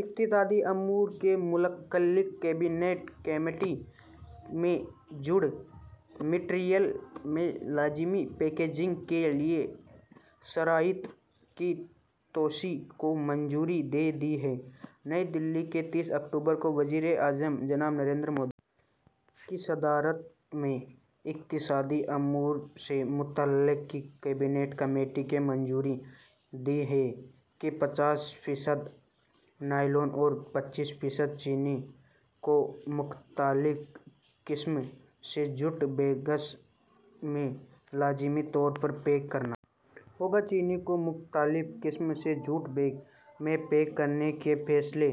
اقتصادی امور سے متعلق کابینہ کمیٹی نے جوٹ میٹیریل میں لازمی پیکیجنگ کے لیے شرائط کی توسیع کو منظوری دے دی ہے نئی دہلی میں انتیس اکتوبر کو وزیر اعظم جناب نریندر مودی کی صدارت میں اقتصادی امور سے متعلق کابینہ کمیٹی نے منظوری دی ہے کہ سو فیصد اناج اور بیس فیصد چینی کو مختلف قسم کے جوٹ بیگس میں لازمی طور پر پیک کرنا ہوگا چینی کو مختلف قسم کے جوٹ بیگ میں پیک کرنے کے فیصلے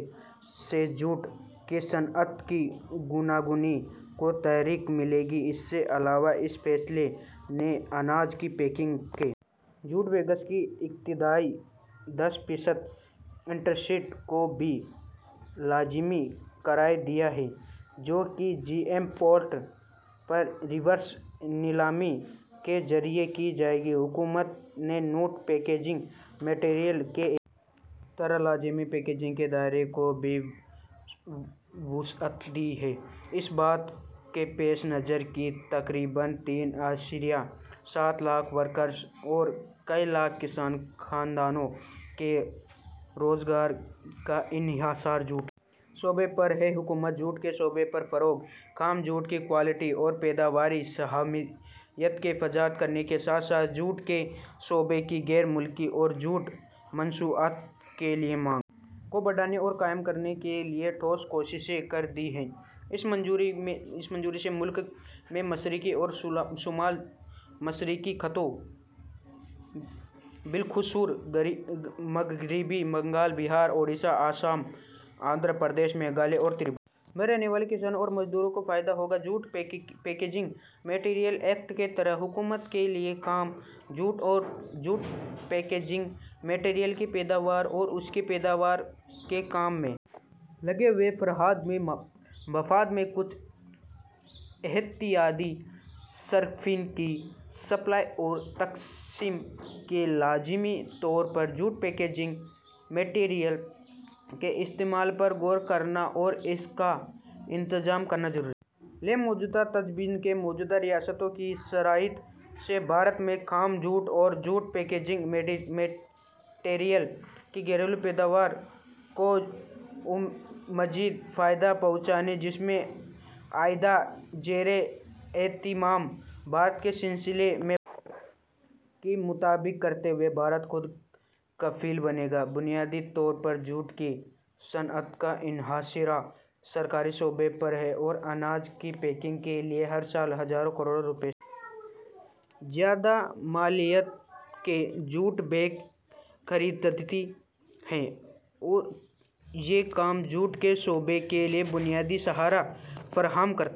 سے جوٹ کی صنعت کی گوناگونی کو تحریک ملے گی اس کے علاوہ اس فیصلے نے اناج کی پیکنگ کے لیے جوٹ بیگس کی ابتدائی دس فیصد انڈیںٹس کو بھی لازمی قرار دیا ہے جو کہ جیم پورٹل پر ریورس نیلامی کے ذریعہ کی جائے گی حکومت نے جوٹ پیکیجنگ میٹیریل ایکٹ کے تحت لازمی پیکیجنگ کے دائرے کو بھی وسعت دی ہے اس بات کے پیش نظر کہ تقریباً تین اشاریہ سات لاکھ ورکرز اور کئی لاکھ کسان خاندانوں کے روزگار کا انحصار جوٹ کے شعبے پر ہے حکومت جوٹ کے شعبے کے فروغ خام جوٹ کی کوالٹی اور پیداواری صلاحیت میں اضافہ کرنے کے ساتھ ساتھ جوٹ کے شعبے کی گوناگونی اور جوٹ مصنوعات کے لیے مانگ کو بڑھانے نیز قائم رکھنے کے لیے ٹھوس کوششیں کر رہی ہے اس منظوری سے ملک کے مشرقی اور شمال مشرقی خطوں بالخصوص مغربی بنگال بہار اڈیشہ آسام آندھرا پردیش میگھالیہ اور تریپورہ میں رہنے والے کسانوں اور مزدوروں کو فائدہ ہوگا جوٹ پیکیجنگ میٹیریل ایکٹ کے تحت حکومت کے لیے خام جوٹ اور جوٹ پیکیجنگ میٹیریل کی پیداوار اور اس کی پیداوار کے کام میں لگے ہوئے افراد کے مفاد میں کچھ اشیائے صارفین کی سپلائی اور تقسیم میں لازمی طور پر جوٹ پیکیجنگ میٹیریل کے استعمال پر غور کرنا اور اس کا انتظام کرنا ضروری ہے اس لیے موجودہ تجویز میں ریزرویشن کی شرائط سے بھارت میں خام جوٹ اور جوٹ پیکیجنگ میٹیریل کی گھریلو پیداوار کو مزید فائدہ پہنچے گا جس سے آتم نربھر بھارت کے سلسلے میں بھارت کی مطابقت کرتے ہوئے بھارت خود کفیل بنے گا بنیادی طور پر جوٹ کی صنعت کا انحصار سرکاری شعبے پر ہے جو اناج کی پیکنگ کے لیے ہر سال ہزاروں کروڑ روپے سے زیادہ مالیت کے جوٹ بیگ خریدتی ہے اور یہ کام جوٹ کے شعبے کے لیے بنیادی سہارا فراہم کرتا ہے